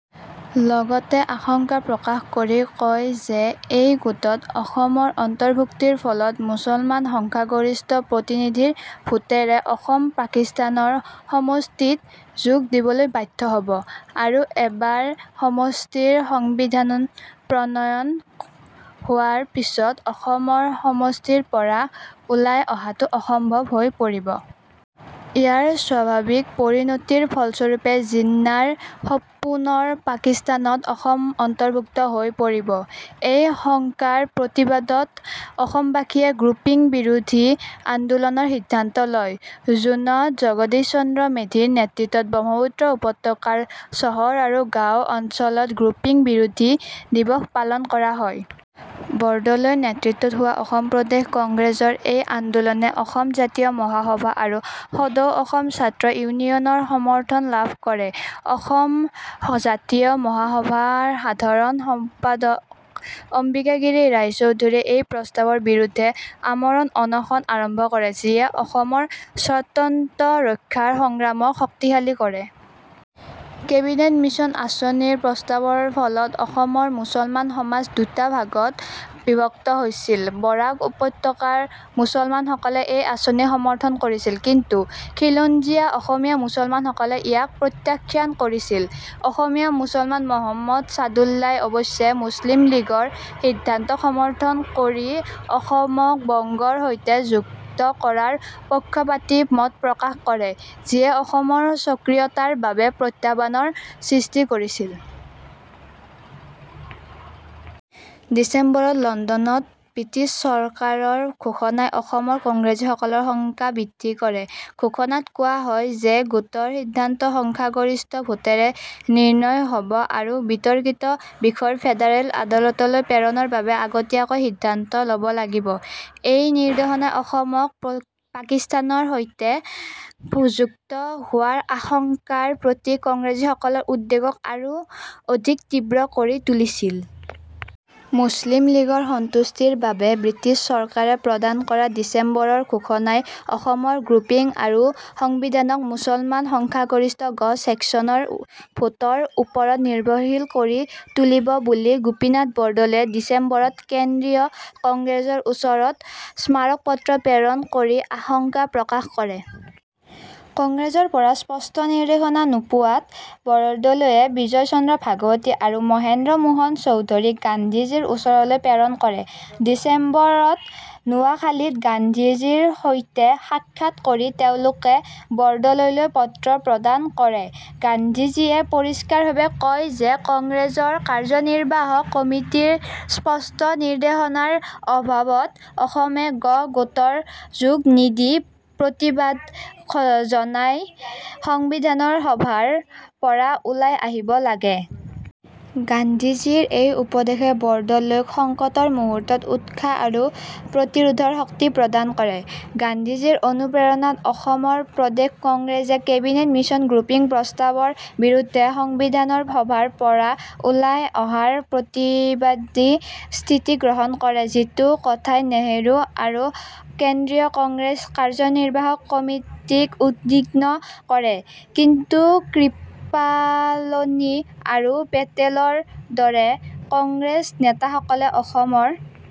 লগতে আশংকা প্ৰকাশ কৰি কয় যে এই গোটত অসমৰ অন্তৰ্ভুক্তিৰ ফলত মুছলমান সংখ্যাগৰিষ্ঠ প্ৰতিনিধিৰ ভোটেৰে অসম পাকিস্তানৰ সমষ্টিত যোগ দিবলৈ বাধ্য হ'ব আৰু এবাৰ সমষ্টিৰ সংবিধান প্ৰণয়ন হোৱাৰ পিচত অসম সমষ্টিৰ পৰা ওলাই অহাটো অসম্ভৱ হৈ পৰিব। ইয়াৰ স্বাভাৱিক পৰিণতিৰ ফলস্বৰূপে জিন্নাৰ সপোনৰ পাকিস্তানত অসম অন্তৰ্ভুক্ত হৈ পৰিব। এই শংকাৰ প্ৰতিবাদত অসমবাসীয়ে গ্ৰুপিং বিৰোধী আন্দোলনৰ সিদ্ধান্ত লয়। জুনত জগদীশ চন্দ্ৰ মেধিৰ নেতৃত্বত ব্ৰহ্মপুত্ৰ উপত্যকাৰ চহৰ আৰু গাঁও অঞ্চলত গ্ৰুপিং বিৰোধী দিৱস পালন কৰা হয়। বৰদলৈৰ নেতৃত্বত হোৱা অসম প্ৰদেশ কংগ্ৰেছৰ এই আন্দোলনে অসম জাতীয় মহাসভা আৰু সদৌ অসম ছাত্ৰ ইউনিয়নৰ সমৰ্থন লাভ কৰে। অসম জাতীয় মহাসভাৰ সাধাৰণ সম্পাদক অম্বিকাগিৰি ৰায়চৌধুৰীয়ে এই প্ৰস্তাৱৰ বিৰুদ্ধে আমৰণ অনশন আৰম্ভ কৰে, যিয়ে অসমৰ স্বাতন্ত্ৰ্য ৰক্ষাৰ সংগ্ৰামক শক্তিশালী কৰে। কেবিনেট মিছন আঁচনিৰ প্ৰস্তাৱৰ ফলত অসমৰ মুছলমান সমাজ দুটা ভাগত বিভক্ত হৈছিল। বৰাক উপত্যকাৰ মুছলমানসকলে এই আঁচনিক সমৰ্থন কৰিছিল, কিন্তু খিলঞ্জীয়া অসমীয়া মুছলমানসকলে ইয়াক প্ৰত্যাখ্যান কৰিছিল। অসমীয়া মুছলমান মহম্মদ ছাদুল্লাই অৱশ্যে মুছলিম লীগৰ সিদ্ধান্তক সমৰ্থন কৰি অসমক বংগৰ সৈতে যুক্ত কৰাৰ পক্ষপাতী মত প্ৰকাশ কৰে, যিয়ে অসমৰ স্বকীয়তাৰ বাবে প্ৰত্যাহ্বানৰ সৃষ্টি কৰিছিল। ডিচেম্বৰত লণ্ডনত ব্ৰিটিছ চৰকাৰৰ ঘোষণাই অসমৰ কংগ্ৰেছীসকলৰ শংকা বৃদ্ধি কৰে। ঘোষণাত কোৱা হয় যে গোটৰ সিদ্ধান্ত সংখ্যাগৰিষ্ঠ ভোটেৰে নিৰ্ণয় হ'ব আৰু বিতৰ্কিত বিষয় ফেডাৰেল আদালতলৈ প্ৰেৰণৰ বাবে আগতীয়াকৈ সিদ্ধান্ত ল'ব লাগিব। এই নিৰ্দেশনাই অসমক পাকিস্তানৰ সৈতে যুক্ত হোৱাৰ আশংকাৰ প্ৰতি কংগ্ৰেছীসকলৰ উদ্বেগক আৰু অধিক তীব্ৰ কৰি তুলিছিল। মুছলিম লীগৰ সন্তুষ্টিৰ বাবে ব্ৰিটিছ চৰকাৰে প্ৰদান কৰা ডিচেম্বৰৰ ঘোষণাই অসমৰ গ্ৰুপিং আৰু সংবিধানক মুছলমান সংখ্যাগৰিষ্ঠ 'গ' ছেকচনৰ ভোটৰ ওপৰত নিৰ্ভৰশীল কৰি তুলিব বুলি গোপীনাথ বৰদলৈয়ে ডিচেম্বৰত কেন্দ্ৰীয় কংগ্ৰেছৰ ওচৰত স্মাৰকপত্ৰ প্ৰেৰণ কৰি আশংকা প্ৰকাশ কৰে। কংগ্ৰেছৰ পৰা স্পষ্ট নিৰ্দেশনা নোপোৱাত বৰদলৈয়ে বিজয় চন্দ্ৰ ভাগৱতী আৰু মহেন্দ্ৰ মোহন চৌধুৰীক গান্ধীজীৰ ওচৰলৈ প্ৰেৰণ কৰে। ডিচেম্বৰ ত নোৱাখালিত গান্ধীজীৰ সৈতে সাক্ষাৎ কৰি তেওঁলোকে বৰদলৈৰ পত্ৰ প্ৰদান কৰে। গান্ধীজীয়ে পৰিষ্কাৰভাৱে কয় যে কংগ্ৰেছৰ কাৰ্যনিৰ্বাহক কমিটীৰ স্পষ্ট নিৰ্দেশনাৰ অভাৱত অসমে 'গ' গোটত যোগ নিদি প্ৰতিবাদ জনাই সংবিধান সভাৰ পৰা ওলাই আহিব লাগে। গান্ধীজীৰ এই উপদেশে বৰদলৈক সংকটৰ মুহূৰ্তত উৎসাহ আৰু প্ৰতিৰোধৰ শক্তি প্ৰদান কৰে। গান্ধীজীৰ অনুপ্ৰেৰণাত অসম প্ৰদেশ কংগ্ৰেছে কেবিনেট মিছনৰ গ্ৰুপিং প্ৰস্তাৱৰ বিৰুদ্ধে সংবিধান সভাৰ পৰা ওলাই অহাৰ প্ৰতিবাদী স্থিতি গ্ৰহণ কৰে; যিটো কথাই নেহৰু আৰু কেন্দ্ৰীয় কংগ্ৰেছ কাৰ্যনিৰ্বাহক কমিটীক উদ্বিগ্ন কৰে। কিন্তু কৃপালনি আৰু পেটেলৰ দৰে কংগ্ৰেছ নেতাসকলে অসমৰ